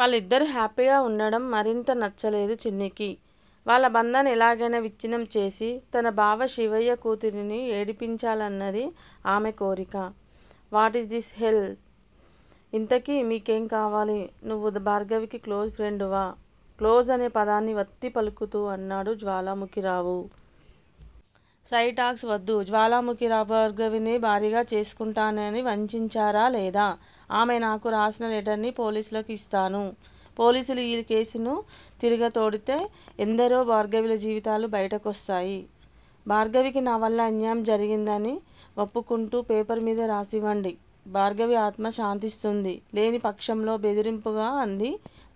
వాళ్ళిద్దరూ హ్యాపీగా వుండడం మరింత నచ్చలేదు చిన్నికి. వాళ్ళ బంధాన్ని ఎలాగయినా విచ్చిన్నం చేసి తన బావ శివయ్య కూతురిని ఏడిపించాలన్నది ఆమె కోరిక. వాటీజ్ దిస్ హెల్ ఇంతకీ మీకేం కావాలి నువ్వు భార్గవికి క్లోజ్ ఫ్రెండ్ వా? క్లోజ్ అనే పదాన్ని వత్తి పలుకుతూ అన్నాడు జ్వాలాముఖిరావు. సైడ్ టాక్స్ వద్దు జ్వాలాముఖిరావ్భా ర్గవినే భార్యగా చేసుకుంటానని వంచించారా లేదా? ఆమె నాకు రాసిన లెటర్ ని పోలీసులకు ఇస్తాను. పోలీసులు ఈ కేసుని తిరగతోడితే ఎందరో భార్గవిల జీవితాలు బయటకొస్తాయి. భార్గవికి నావల్ల అన్యాయం జరిగిందని వప్పుకుంటూ పేపర్ మీద రాసివ్వండి. భార్గవి ఆత్మ శాంతిస్తుంది లేనిపక్షంలో బెదిరింపుగా అంది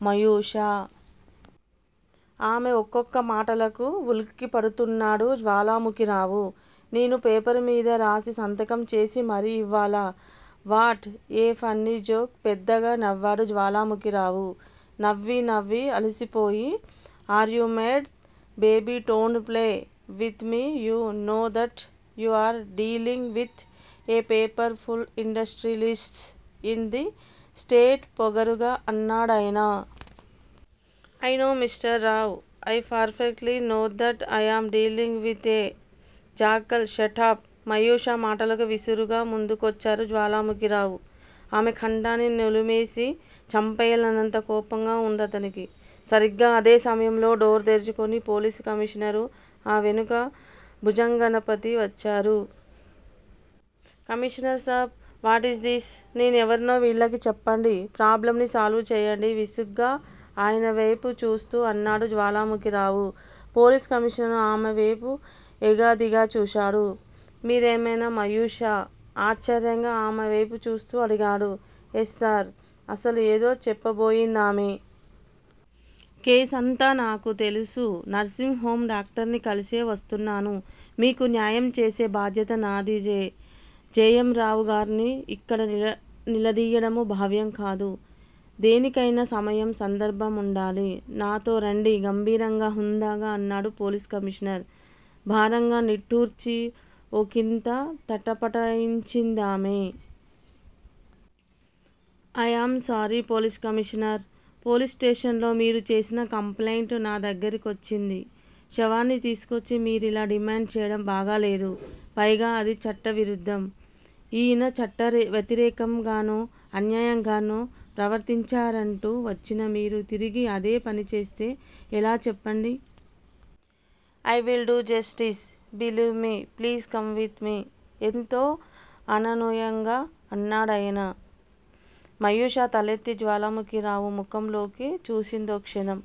మయూష. ఆమె ఒక్కొక్క మాటలకు వులిక్కిపడుతున్నాడు జ్వాలాముఖిరావు. నేను పేపర్ మీద రాసి సంతకం చేసి మరీ ఇవ్వాలా వాట్ ఏ ఫన్నీ జోక్ పెద్దగా నవ్వాడు జ్వాలాముఖిరావు. నవ్వి, నవ్వి అలిసిపోయి are you mad baby don't play with me you know that you are dealing with a paper full industrialists in the state పొగరుగా అన్నాడాయన. I know mister Rao! I perfectly know that I'm dealing with a jackal ష ట ప్ మయూష మాటలకు విసురుగా ముందుకొచ్చారు జ్వాలాముఖిరావు. ఆమె కంఠాన్ని నులిమేసి చంపెయ్యాలన్నంత కోపంగా ఉందతనికి. సరిగ్గా అదే సమయంలో డోర్ తెరుచుకుని పోలీసు కమీషనరు, ఆ వెనుక భుజంగనపతి వచ్చారు. కమీషనర్ సాబ్ వాటీజ్ దిస్ నేనెవరినో వీళ్ళకు చెప్పండి. ప్రాబ్లమ్ ని సాల్వ్ చేయండి విసుగ్గా ఆయన వేపు చూస్తూ అన్నాడు జ్వాలాముఖిరావు. పోలీస్ కమీషనర్ ఆమె వేపు ఎగాదిగా చూశాడు. మీరేమైనా మయూష? ఆశ్చర్యంగా ఆమె వేపు చూస్తూ అడిగాడు. Yes sir. అసలు ఏదో చెప్పబోయిందామె. కేసంతా నాకు తెలుసు నర్సింగ్ హోమ్ డాక్టర్ని కలిసే వస్తున్నాను. మీకు న్యాయం చేసే బాధ్యత నాది జె. జె. ఎం. రావుగార్ని యిక్కడ నిలదీయడం భావ్యం కాదు. దేనికయినా సమయం, సందర్భముండాలి. నాతో రండి గంభీరంగా, హుందాగా అన్నాడు పోలీస్ కమీషనర్. భారంగా నిట్టూర్చి ఒకింత తటపటాయించిందామె. I'm sorry police commissioner. Police station లో మీరు చేసిన కంప్లయింట్ నా దగ్గిర కొచ్చింది. శవాన్ని తీసుకొచ్చి మీరిలా డిమాండ్ చేయడం బాగాలేదు. పైగా అది చట్ట విరుద్దం. ఈయన చట్ట వ్యతిరేకం గానో, అన్యాయంగానో ప్రవర్తించారంటూ వచ్చిన మీరు తిరిగి అదే పనిచేస్తే ఎలా చెప్పండి? I will do justice, believe me please come with me ఎంతో అనునయంగా అన్నాడాయన. మయూష తలెత్తి జ్వాలాముఖిరావు ముఖంలోకి చూసిందోక్షణం.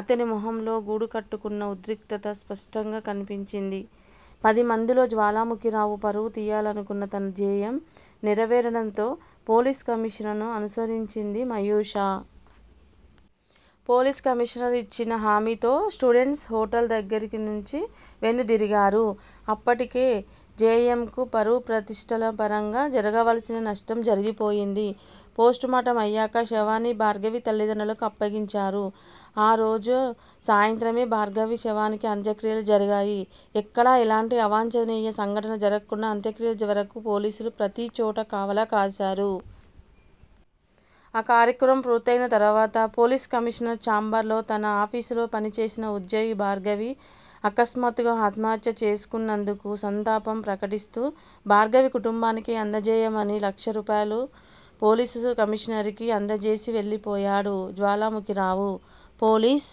అతని మొహంలో గూడుకట్టుకున్న ఉద్రిక్తత స్పష్టంగా కనిపించింది. పదిమందిలో జ్వాలాముఖిరావు పరువు తీయాలనుకున్న తన జేయం నెరవేరటంతో, పోలీస్ కమీషనర్ ను అనుసరించింది మయూష. పోలీస్ కమీషనర్ ఇచ్చిన హామీతో స్టూడెంట్స్ హోటల్ దగ్గిర నుంచి వెనుదిరిగారు. అప్పటికే జె. యమ్ కు పరువు ప్రతిష్టల పరంగా జరగవలసిన నష్టం జరిగిపోయింది. పోస్టుమార్టమ్ అయ్యాక శవాన్ని భార్గవి తల్లిదండ్రులకు అప్పగించారు. ఆ రోజు సాయంత్రమే భార్గవి శవానికి అంత్యక్రియలు జరిగాయి. ఎక్కడా ఎలాంటి అవాంఛనీయ సంఘటనలు జరక్కుండా అంత్యక్రియల వరకూ పోలీసులు ప్రతీచోటా కావలా కాసారు. ఆ కార్యక్రమం పూర్తయిన తర్వాత- పోలీస్ కమీషనర్ చాంబర్ లో తన ఆఫీసులో పని చేసిన ఉద్యోగి భార్గవి అకస్మాత్తుగా ఆత్మహత్యా చేసుకున్నందుకు సంతాపం ప్రకటిస్తూ భార్గవి కుటుంబానికి అందజేయమని లక్షరూపాయలు పోలీస్ కమీషనర్ కి అందజేసి వెళ్ళిపోయాడు జ్వాలాముఖిరావు. పోలీస్